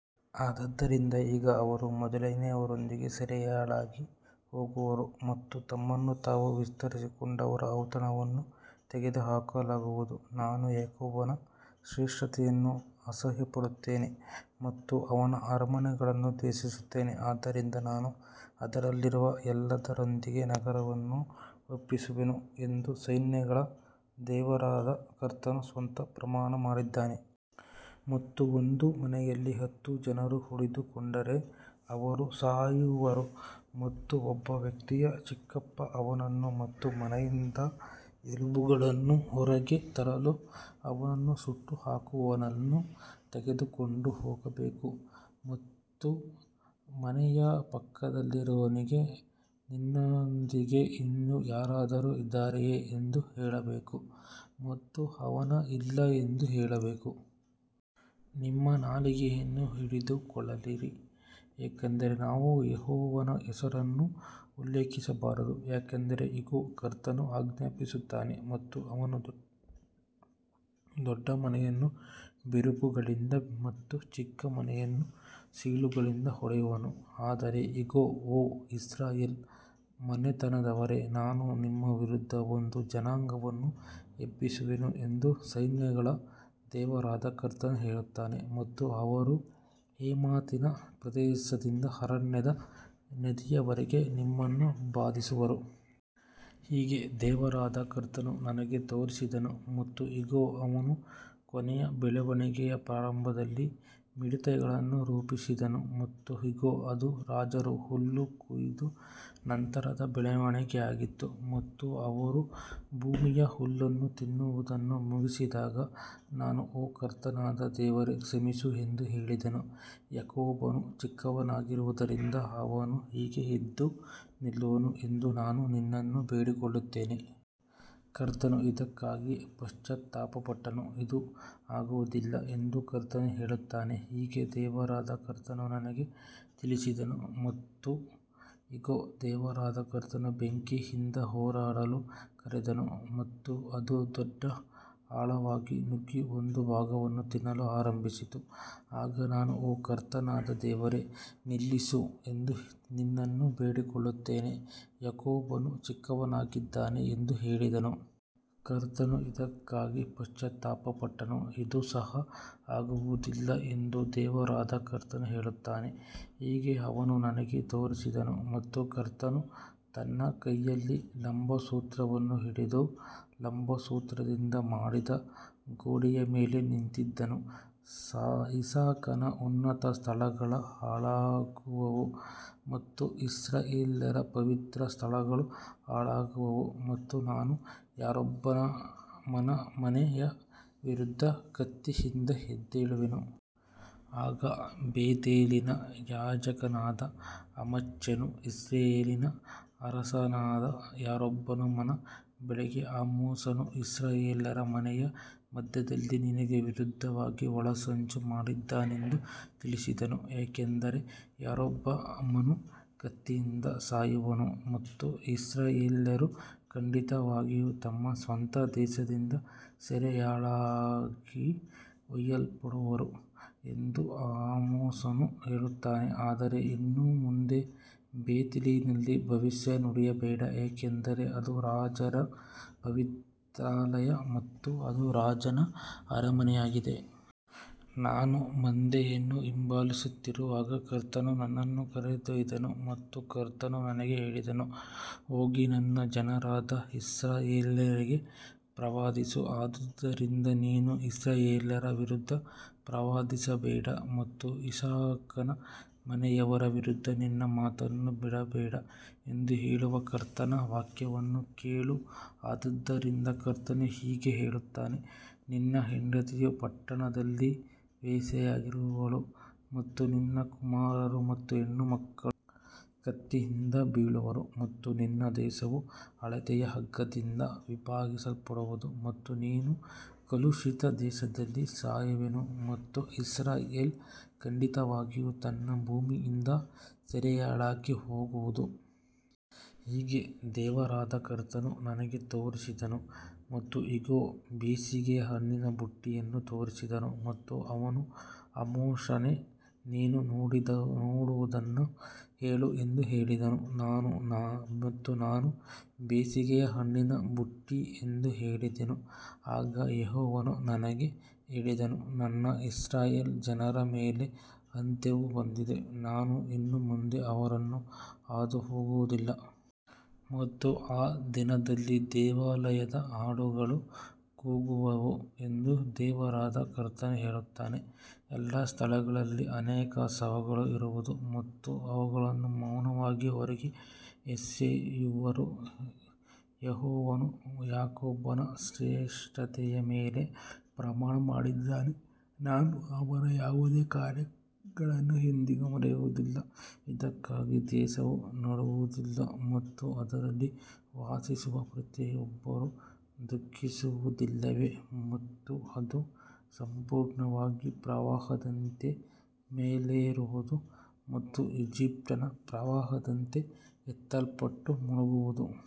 ಆದದರಿಂದ ಈಗ ಅವರು ಮೊದಲನೆಯವರೊಂದಿಗೆ ಸೆರೆಯಾಳಾಗಿ ಹೋಗುವರು ಮತ್ತು ತಮ್ಮನ್ನು ತಾವು ವಿಸ್ತರಿಸಿಕೊಂಡವರ ಔತಣವನ್ನು ತೆಗೆದುಹಾಕಲಾಗುವುದು. ನಾನು ಯಾಕೋಬನ ಶ್ರೇಷ್ಠತೆಯನ್ನು ಅಸಹ್ಯಪಡುತ್ತೇನೆ ಮತ್ತು ಅವನ ಅರಮನೆಗಳನ್ನು ದ್ವೇಷಿಸುತ್ತೇನೆ, ಆದ್ದರಿಂದ ನಾನು ಅದರಲ್ಲಿರುವ ಎಲ್ಲದರೊಂದಿಗೆ ನಗರವನ್ನು ಒಪ್ಪಿಸುವೆನು ಎಂದು ಸೈನ್ಯಗಳ ದೇವರಾದ ಕರ್ತನು ಸ್ವತಃ ಪ್ರಮಾಣ ಮಾಡಿದ್ದಾನೆ. ಮತ್ತು ಒಂದು ಮನೆಯಲ್ಲಿ ಹತ್ತು ಜನರು ಉಳಿದುಕೊಂಡರೆ ಅವರು ಸಾಯುವರು ಮತ್ತು ಒಬ್ಬ ವ್ಯಕ್ತಿಯ ಚಿಕ್ಕಪ್ಪ ಅವನನ್ನು ಮತ್ತು ಮನೆಯಿಂದ ಎಲುಬುಗಳನ್ನು ಹೊರಗೆ ತರಲು ಅವನನ್ನು ಸುಟ್ಟುಹಾಕುವವನನ್ನು ತೆಗೆದುಕೊಂಡು ಹೋಗಬೇಕು ಮತ್ತು ಮನೆಯ ಪಕ್ಕದಲ್ಲಿರುವವನಿಗೆ ನಿನ್ನೊಂದಿಗೆ ಇನ್ನೂ ಯಾರಾದರೂ ಇದ್ದಾರೆಯೇ ಎಂದು ಹೇಳಬೇಕು ಮತ್ತು ಅವನು ಇಲ್ಲ ಎಂದು ಹೇಳಬೇಕು. ನಿಮ್ಮ ನಾಲಿಗೆಯನ್ನು ಹಿಡಿದುಕೊಳ್ಳಿರಿ, ಏಕೆಂದರೆ ನಾವು ಯೆಹೋವನ ಹೆಸರನ್ನು ಉಲ್ಲೇಖಿಸಬಾರದು. ಯಾಕಂದರೆ ಇಗೋ, ಕರ್ತನು ಆಜ್ಞಾಪಿಸುತ್ತಾನೆ ಮತ್ತು ಅವನು ದೊಡ್ಡ ಮನೆಯನ್ನು ಬಿರುಕುಗಳಿಂದ ಮತ್ತು ಚಿಕ್ಕ ಮನೆಯನ್ನು ಸೀಳುಗಳಿಂದ ಹೊಡೆಯುವನು. ಆದರೆ ಇಗೋ, ಓ ಇಸ್ರಾಯೇಲ್ ಮನೆತನದವರೇ, ನಾನು ನಿಮ್ಮ ವಿರುದ್ಧ ಒಂದು ಜನಾಂಗವನ್ನು ಎಬ್ಬಿಸುವೆನು ಎಂದು ಸೈನ್ಯಗಳ ದೇವರಾದ ಕರ್ತನು ಹೇಳುತ್ತಾನೆ ಮತ್ತು ಅವರು ಹೇಮಾತಿನ ಪ್ರವೇಶದಿಂದ ಅರಣ್ಯದ ನದಿಯವರೆಗೆ ನಿಮ್ಮನ್ನು ಬಾಧಿಸುವರು. ಹೀಗೆ ದೇವರಾದ ಕರ್ತನು ನನಗೆ ತೋರಿಸಿದನು ಮತ್ತು ಇಗೋ, ಅವನು ಕೊನೆಯ ಬೆಳವಣಿಗೆಯ ಪ್ರಾರಂಭದಲ್ಲಿ ಮಿಡತೆಗಳನ್ನು ರೂಪಿಸಿದನು ಮತ್ತು ಇಗೋ, ಅದು ರಾಜರು ಹುಲ್ಲು ಕೊಯ್ದ ನಂತರದ ಬೆಳವಣಿಗೆಯಾಗಿತ್ತು. ಮತ್ತು ಅವರು ಭೂಮಿಯ ಹುಲ್ಲನ್ನು ತಿನ್ನುವುದನ್ನು ಮುಗಿಸಿದಾಗ ನಾನು, ಓ ಕರ್ತನಾದ ದೇವರೇ, ಕ್ಷಮಿಸು ಎಂದು ಹೇಳಿದೆನು, ಯಾಕೋಬನು ಚಿಕ್ಕವನಾಗಿರುವುದರಿಂದ ಅವನು ಹೇಗೆ ಎದ್ದು ನಿಲ್ಲುವನು ಎಂದು ನಾನು ನಿನ್ನನ್ನು ಬೇಡಿಕೊಳ್ಳುತ್ತೇನೆ. ಕರ್ತನು ಇದಕ್ಕಾಗಿ ಪಶ್ಚಾತ್ತಾಪಪಟ್ಟನು, ಇದು ಆಗುವುದಿಲ್ಲ ಎಂದು ಕರ್ತನು ಹೇಳುತ್ತಾನೆ. ಹೀಗೆ ದೇವರಾದ ಕರ್ತನು ನನಗೆ ತೋರಿಸಿದನು ಮತ್ತು ಇಗೋ, ದೇವರಾದ ಕರ್ತನು ಬೆಂಕಿಯಿಂದ ಹೋರಾಡಲು ಕರೆದನು ಮತ್ತು ಅದು ದೊಡ್ಡ ಆಳವನ್ನು ನುಂಗಿ ಒಂದು ಭಾಗವನ್ನು ತಿನ್ನಲು ಆರಂಭಿಸಿತು. ಆಗ ನಾನು, ಓ ಕರ್ತನಾದ ದೇವರೇ, ನಿಲ್ಲಿಸು ಎಂದು ನಿನ್ನನ್ನು ಬೇಡಿಕೊಳ್ಳುತ್ತೇನೆ, ಯಾಕೋಬನು ಚಿಕ್ಕವನಾಗಿದ್ದಾನೆ ಎಂದು ಹೇಳಿದೆನು. ಕರ್ತನು ಇದಕ್ಕಾಗಿ ಪಶ್ಚಾತ್ತಾಪಪಟ್ಟನು, ಇದು ಸಹ ಆಗುವುದಿಲ್ಲ ಎಂದು ದೇವರಾದ ಕರ್ತನು ಹೇಳುತ್ತಾನೆ. ಹೀಗೆ ಅವನು ನನಗೆ ತೋರಿಸಿದನು ಮತ್ತು ಕರ್ತನು ತನ್ನ ಕೈಯಲ್ಲಿ ಲಂಬಸೂತ್ರವನ್ನು ಹಿಡಿದು ಲಂಬಸೂತ್ರದಿಂದ ಮಾಡಿದ ಗೋಡೆಯ ಮೇಲೆ ನಿಂತಿದ್ದನು. ಇಸಾಕನ ಉನ್ನತ ಸ್ಥಳಗಳು ಹಾಳಾಗುವವು ಮತ್ತು ಇಸ್ರಾಯೇಲ್ಯರ ಪವಿತ್ರ ಸ್ಥಳಗಳು ಹಾಳಾಗುವವು ಮತ್ತು ನಾನು ಯಾರೊಬ್ಬಾಮನ ಮನೆಯ ವಿರುದ್ಧ ಕತ್ತಿಯಿಂದ ಎದ್ದೇಳುವೆನು. ಆಗ ಬೇತೇಲಿನ ಯಾಜಕನಾದ ಅಮಚ್ಯನು ಇಸ್ರಾಯೇಲಿನ ಅರಸನಾದ ಯಾರೊಬ್ಬಾಮನ ಬಳಿಗೆ ಆಮೋಸನು ಇಸ್ರಾಯೇಲ್ಯರ ಮನೆಯ ಮಧ್ಯದಲ್ಲಿ ನಿನಗೆ ವಿರುದ್ಧವಾಗಿ ಒಳಸಂಚು ಮಾಡಿದ್ದಾನೆಂದು ತಿಳಿಸಿದನು. ಯಾಕಂದರೆ ಯಾರೊಬ್ಬಾಮನು ಕತ್ತಿಯಿಂದ ಸಾಯುವನು ಮತ್ತು ಇಸ್ರಾಯೇಲ್ಯರು ಖಂಡಿತವಾಗಿಯೂ ತಮ್ಮ ಸ್ವಂತ ದೇಶದಿಂದ ಸೆರೆಯಾಳುಗಳಾಗಿ ಒಯ್ಯಲ್ಪಡುವರು ಎಂದು ಆಮೋಸನು ಹೇಳುತ್ತಾನೆ. ಆದರೆ ಇನ್ನು ಮುಂದೆ ಬೇತೇಲಿನಲ್ಲಿ ಭವಿಷ್ಯ ನುಡಿಯಬೇಡ, ಏಕೆಂದರೆ ಅದು ರಾಜನ ಪವಿತ್ರಾಲಯ ಮತ್ತು ಅದು ರಾಜನ ಅರಮನೆಯಾಗಿದೆ. ನಾನು ಮಂದೆಯನ್ನು ಹಿಂಬಾಲಿಸುತ್ತಿರುವಾಗ ಕರ್ತನು ನನ್ನನ್ನು ಕರೆದೊಯ್ದನು ಮತ್ತು ಕರ್ತನು ನನಗೆ ಹೇಳಿದನು, ಹೋಗಿ ನನ್ನ ಜನರಾದ ಇಸ್ರಾಯೇಲ್ಯರಿಗೆ ಪ್ರವಾದಿಸು. ಆದುದರಿಂದ ನೀನು ಇಸ್ರಾಯೇಲ್ಯರ ವಿರುದ್ಧ ಪ್ರವಾದಿಸಬೇಡ ಮತ್ತು ಇಸಾಕನ ಮನೆಯವರ ವಿರುದ್ಧ ನಿನ್ನ ಮಾತನ್ನು ಬಿಡಬೇಡ ಎಂದು ಹೇಳುವ ಕರ್ತನ ವಾಕ್ಯವನ್ನು ಕೇಳು. ಆದದರಿಂದ ಕರ್ತನು ಹೀಗೆ ಹೇಳುತ್ತಾನೆ, ನಿನ್ನ ಹೆಂಡತಿಯು ಪಟ್ಟಣದಲ್ಲಿ ವೇಶ್ಯೆಯಾಗಿರುವಳು ಮತ್ತು ನಿನ್ನ ಕುಮಾರರು ಮತ್ತು ಹೆಣ್ಣುಮಕ್ಕಳು ಕತ್ತಿಯಿಂದ ಬೀಳುವರು ಮತ್ತು ನಿನ್ನ ದೇಶವು ಅಳತೆಯ ಹಗ್ಗದಿಂದ ವಿಭಾಗಿಸಲ್ಪಡುವುದು ಮತ್ತು ನೀನು ಕಲುಷಿತ ದೇಶದಲ್ಲಿ ಸಾಯುವೆನು ಮತ್ತು ಇಸ್ರಾಯೇಲ್ ಖಂಡಿತವಾಗಿಯೂ ತನ್ನ ಭೂಮಿಯಿಂದ ಸೆರೆಯಾಳಾಗಿ ಹೋಗುವುದು. ಹೀಗೆ ದೇವರಾದ ಕರ್ತನು ನನಗೆ ತೋರಿಸಿದನು ಮತ್ತು ಇಗೋ, ಬೇಸಿಗೆಯ ಹಣ್ಣಿನ ಬುಟ್ಟಿಯನ್ನು ತೋರಿಸಿದನು. ಮತ್ತು ಅವನು, ಆಮೋಸನೇ, ನೀನು ನೋಡುವುದನ್ನು ಹೇಳು ಎಂದು ಕೇಳಿದನು ಮತ್ತು ನಾನು, ಬೇಸಿಗೆಯ ಹಣ್ಣಿನ ಬುಟ್ಟಿ ಎಂದು ಹೇಳಿದೆನು. ಆಗ ಯೆಹೋವನು ನನಗೆ ಹೇಳಿದನು, ನನ್ನ ಇಸ್ರಾಯೇಲ್ ಜನರ ಮೇಲೆ ಅಂತ್ಯವು ಬಂದಿದೆ, ನಾನು ಇನ್ನು ಮುಂದೆ ಅವರನ್ನು ಹಾದುಹೋಗುವುದಿಲ್ಲ. ಮತ್ತು ಆ ದಿನದಲ್ಲಿ ದೇವಾಲಯದ ಹಾಡುಗಳು ಕೂಗುವವು ಎಂದು ದೇವರಾದ ಕರ್ತನು ಹೇಳುತ್ತಾನೆ, ಎಲ್ಲಾ ಸ್ಥಳಗಳಲ್ಲಿ ಅನೇಕ ಶವಗಳು ಇರುವುದು ಮತ್ತು ಅವುಗಳನ್ನು ಮೌನವಾಗಿ ಹೊರಗೆ ಎಸೆಯುವರು. ಯೆಹೋವನು ಯಾಕೋಬನ ಶ್ರೇಷ್ಠತೆಯ ಮೇಲೆ ಪ್ರಮಾಣ ಮಾಡಿದ್ದಾನೆ, ನಾನು ಅವರ ಯಾವುದೇ ಕಾರ್ಯಗಳನ್ನು ಎಂದಿಗೂ ಮರೆಯುವುದಿಲ್ಲ. ಇದಕ್ಕಾಗಿ ದೇಶವು ನಡುಗುವುದಿಲ್ಲವೇ ಮತ್ತು ಅದರಲ್ಲಿ ವಾಸಿಸುವ ಪ್ರತಿಯೊಬ್ಬರೂ ದುಃಖಿಸುವುದಿಲ್ಲವೇ ಮತ್ತು ಅದು ಸಂಪೂರ್ಣವಾಗಿ ಪ್ರವಾಹದಂತೆ ಮೇಲೇರುವುದು ಮತ್ತು ಈಜಿಪ್ಟಿನ ಪ್ರವಾಹದಂತೆ ಎತ್ತಲ್ಪಟ್ಟು ಮುಳುಗುವುದು.